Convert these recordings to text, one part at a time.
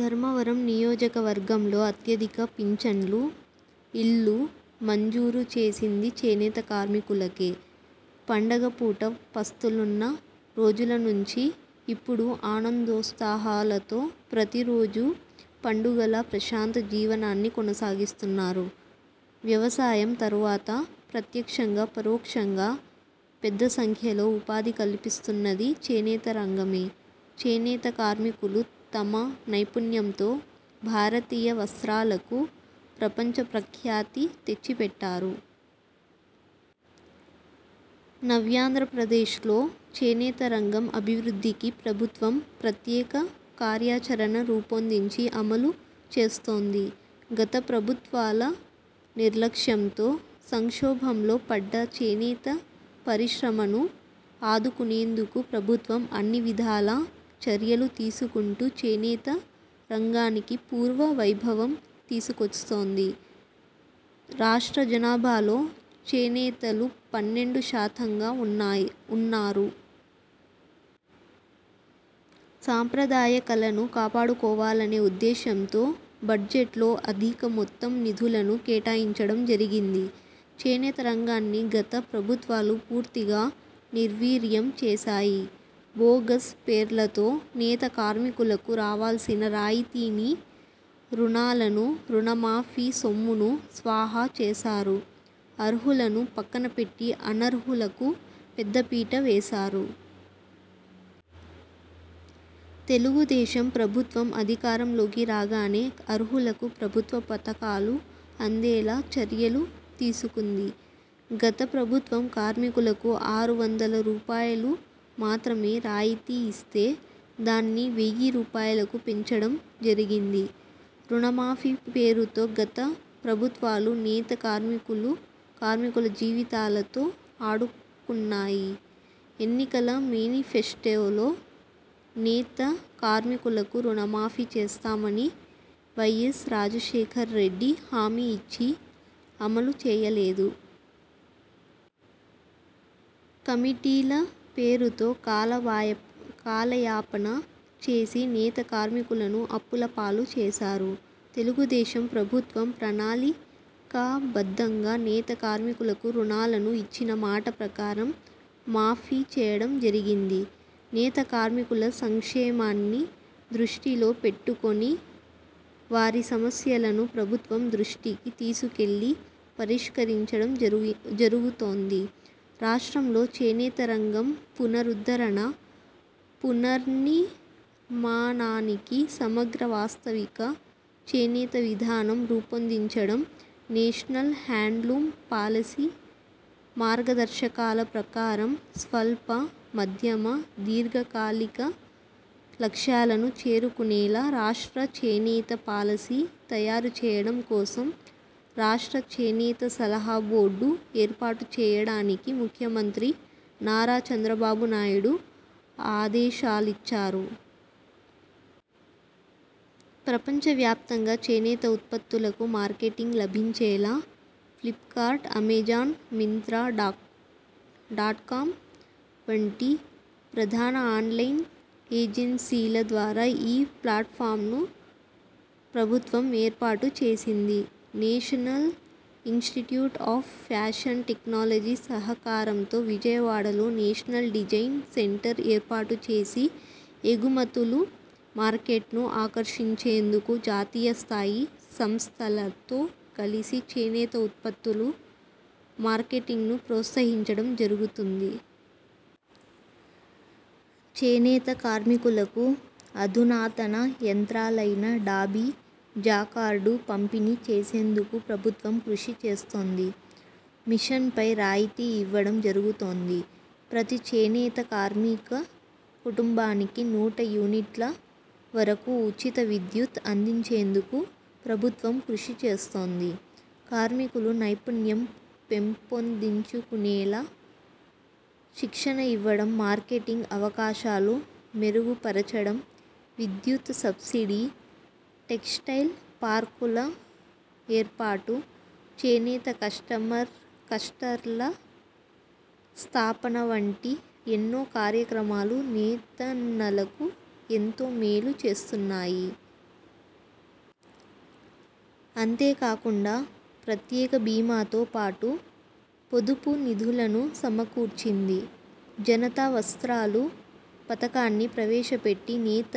ధర్మవరం నియోజక వర్గంలో అత్యధిక పింఛన్లు, ఇళ్లు మంజూరు చేసింది చేనేత కార్మికులకే. పండగపూట పస్తులున్న రోజుల నుంచి ఇప్పుడు ఆనందోత్సాహాలతో ప్రతిరోజూ పండుగలా ప్రశాంత జీవనాన్ని కొనసాగిస్తున్నారు. వ్యవసాయం తరువాత ప్రత్యక్షంగా, పరోక్షంగా పెద్ద సంఖ్యలో ఉపాధి కల్పిస్తున్నది చేనేత రంగమే. చేనేత కార్మికులు తమ నైపుణ్యంతో భారతీయ వస్త్రాలకు ప్రపంచ ప్రఖ్యాతి తెచ్చిపెట్టారు. నవ్యాంధ్రప్రదేశ్లో చేనేత రంగం అభివృద్ధికి ప్రభుత్వం ప్రత్యేక కార్యాచరణ రూపొందించి అమలు చేస్తోంది. గత ప్రభుత్వాల నిర్లక్ష్యంతో సంక్షోభంలో పడ్డ చేనేత పరిశ్రమను ఆదుకునేందుకు ప్రభుత్వం అన్నివిధాలా చర్యలు తీసుకుంటూ చేనేత రంగానికి పూర్వ వైభవం తీసుకొస్తోంది. రాష్ట్ర జనాభాలో చేనేతలు పన్నెండు శాతంగా ఉన్నారు. సాంప్రదాయ కళను కాపాడుకోవాలనే ఉద్దేశంతో బడ్జెట్లో అధిక మొత్తం నిధులను కేటాయించడం జరిగింది. చేనేత రంగాన్ని గత ప్రభుత్వాలు పూర్తిగా నిర్వీర్యం చేశాయి. బోగస్ పేర్లతో నేత కార్మికులకు రావాల్సిన రాయితీని, రుణాలను, రుణమాఫీ సొమ్మును స్వాహా చేశారు. అర్హులను పక్కన పెట్టి అనర్హులకు పెద్దపీట వేశారు. తెలుగుదేశం ప్రభుత్వం అధికారంలోకి రాగానే అర్హులకు ప్రభుత్వ పథకాలు అందేలా చర్యలు తీసుకుంది. గత ప్రభుత్వం కార్మికులకు ఆరు వందల రూపాయలుమాత్రమే రాయితీ ఇస్తే దాన్ని వెయ్యి రూపాయలకు పెంచడం జరిగింది. రుణమాఫీ పేరుతో గత ప్రభుత్వాలు నేత కార్మికుల జీవితాలతో ఆడుకున్నాయి. ఎన్నికల మేనిఫెస్టోలో నేత కార్మికులకు రుణమాఫీ చేస్తామని వైయస్ రాజశేఖర్రెడ్డి హామీ ఇచ్చి అమలు చేయలేదు. కమిటీల పేరుతో కాలయాపన చేసి నేత కార్మికులను అప్పులపాలు చేశారు. తెలుగుదేశం ప్రభుత్వం ప్రణాళికాబద్ధంగా నేత కార్మికులకు రుణాలను ఇచ్చిన మాట ప్రకారం మాఫీ చేయడం జరిగింది. నేత కార్మికుల సంక్షేమాన్ని దృష్టిలో పెట్టుకొని వారి సమస్యలను ప్రభుత్వం దృష్టికి తీసుకెళ్లి పరిష్కరించడం జరుగుతోంది. రాష్ట్రంలో చేనేత రంగం పునరుద్ధరణ, పునర్నిర్మాణానికి సమగ్ర వాస్తవిక చేనేత విధానం రూపొందించడం, నేషనల్ హ్యాండ్లూమ్ పాలసీ మార్గదర్శకాల ప్రకారం స్వల్ప, మధ్యమ, దీర్ఘకాలిక లక్ష్యాలను చేరుకునేలా రాష్ట్ర చేనేత పాలసీ తయారుచేయడం కోసం 'రాష్ట్ర చేనేత సలహా బోర్డు' ఏర్పాటు చేయడానికి ముఖ్యమంత్రి నారా చంద్రబాబు నాయుడు ఆదేశాలిచ్చారు. ప్రపంచ వ్యాప్తంగా చేనేత ఉత్పత్తులకు మార్కెటింగ్ లభించేలా ఫ్లిప్కార్ట్, అమెజాన్, మింత్రా డాట్కామ్ వంటి ప్రధాన ఆన్లైన్ ఏజెన్సీల ద్వారా ఈ ఫ్లాట్ఫామ్ను ప్రభుత్వం ఏర్పాటు చేసింది. National institute of fashion technology సహకారంతో విజయవాడలో నేషనల్ డిజైన్ సెంటర్ ఏర్పాటు చేసి ఎగుమతులు మార్కెట్ను ఆకర్షించేందుకు జాతీయ స్థాయి సంస్థలతో కలిసి చేనేత ఉత్పత్తులు మార్కెటింగ్ను ప్రోత్సహించడం జరుగుతుంది. చేనేత కార్మికులకు అధునాతన యంత్రాలైన డాబీ, జాకార్డు పంపిణీ చేసేందుకు ప్రభుత్వం కృషిచేస్తోంది. మిషన్పై రాయితీ ఇవ్వడం జరుగుతోంది. ప్రతి చేనేత కార్మిక కుటుంబానికి నూట యూనిట్ల వరకు ఉచిత విద్యుత్ అందించేందుకు ప్రభుత్వం కృషిచేస్తోంది. కార్మికులు నైపుణ్యం పెంపొందించుకునేలా శిక్షణ ఇవ్వడం, మార్కెటింగ్ అవకాశాలు మెరుగుపరచడం, విద్యుత్ సబ్సిడీ, టెక్స్టైల్ పార్కుల ఏర్పాటు, చేనేత క్లస్టర్ల స్థాపన వంటి ఎన్నో కార్యక్రమాలు నేతన్నలకు ఎంతో మేలు చేస్తున్నాయి. అంతేకాకుండా ప్రత్యేక బీమాతో పాటు పొదుపు నిధులను సమకూర్చింది. జనతా వస్త్రాలు పథకాన్ని ప్రవేశపెట్టి నేత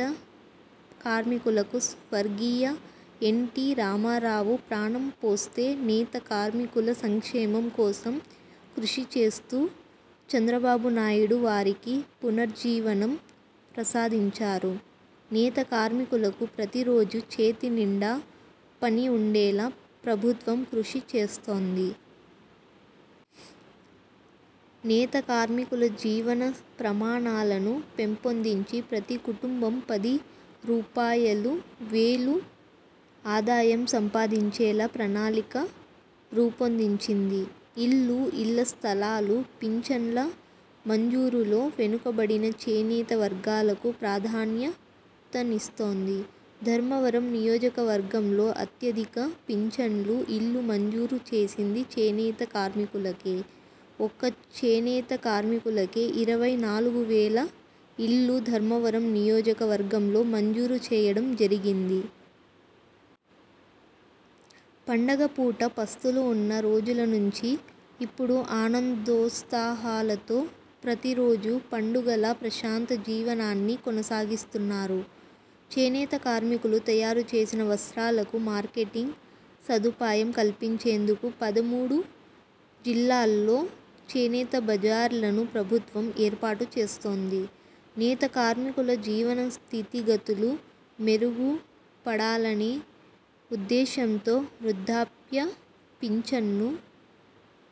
కార్మికులకు స్వర్గీయ ఎన్టీ రామారావు ప్రాణం పోస్తే, నేత కార్మికుల సంక్షేమం కోసం కృషి చేస్తూ చంద్రబాబునాయుడు వారికి పునర్జీవనం ప్రసాదించారు. నేత కార్మికులకు ప్రతిరోజు చేతినిండా పని ఉండేలా ప్రభుత్వం కృషి చేస్తోంది. నేత కార్మికుల జీవన ప్రమాణాలను పెంపొందించి ప్రతి కుటుంబం పది రూపాయలువేలు ఆదాయం సంపాదించేలా ప్రణాళిక రూపొందించింది. ఇల్లు, ఇళ్ల స్థలాలు, పింఛన్ల మంజూరులో వెనుకబడిన చేనేత వర్గాలకు ప్రాధాన్యతనిస్తోంది. ధర్మవరం నియోజకవర్గంలో అత్యధిక పింఛన్లు, ఇళ్లు మంజూరు చేసింది చేనేత కార్మికులకే. ఒక్క చేనేత కార్మికులకే ఇరవై నాలుగువేల ఇళ్లు ధర్మవరం నియోజకవర్గంలో మంజూరు చేయడం జరిగింది. పండగపూట పస్తులు ఉన్న రోజుల నుంచి ఇప్పుడు ఆనందోత్సాహాలతో ప్రతిరోజూ పండుగలా ప్రశాంత జీవనాన్ని కొనసాగిస్తున్నారు. చేనేత కార్మికులు తయారుచేసిన వస్త్రాలకు మార్కెటింగ్ సదుపాయం కల్పించేందుకు పదమూడు జిల్లాల్లో చేనేత బజార్లను ప్రభుత్వం ఏర్పాటు చేస్తోంది. నేత కార్మికుల జీవన స్థితిగతులు మెరుగుపడాలనే ఉద్దేశ్యంతో వృద్ధాప్య పింఛన్ను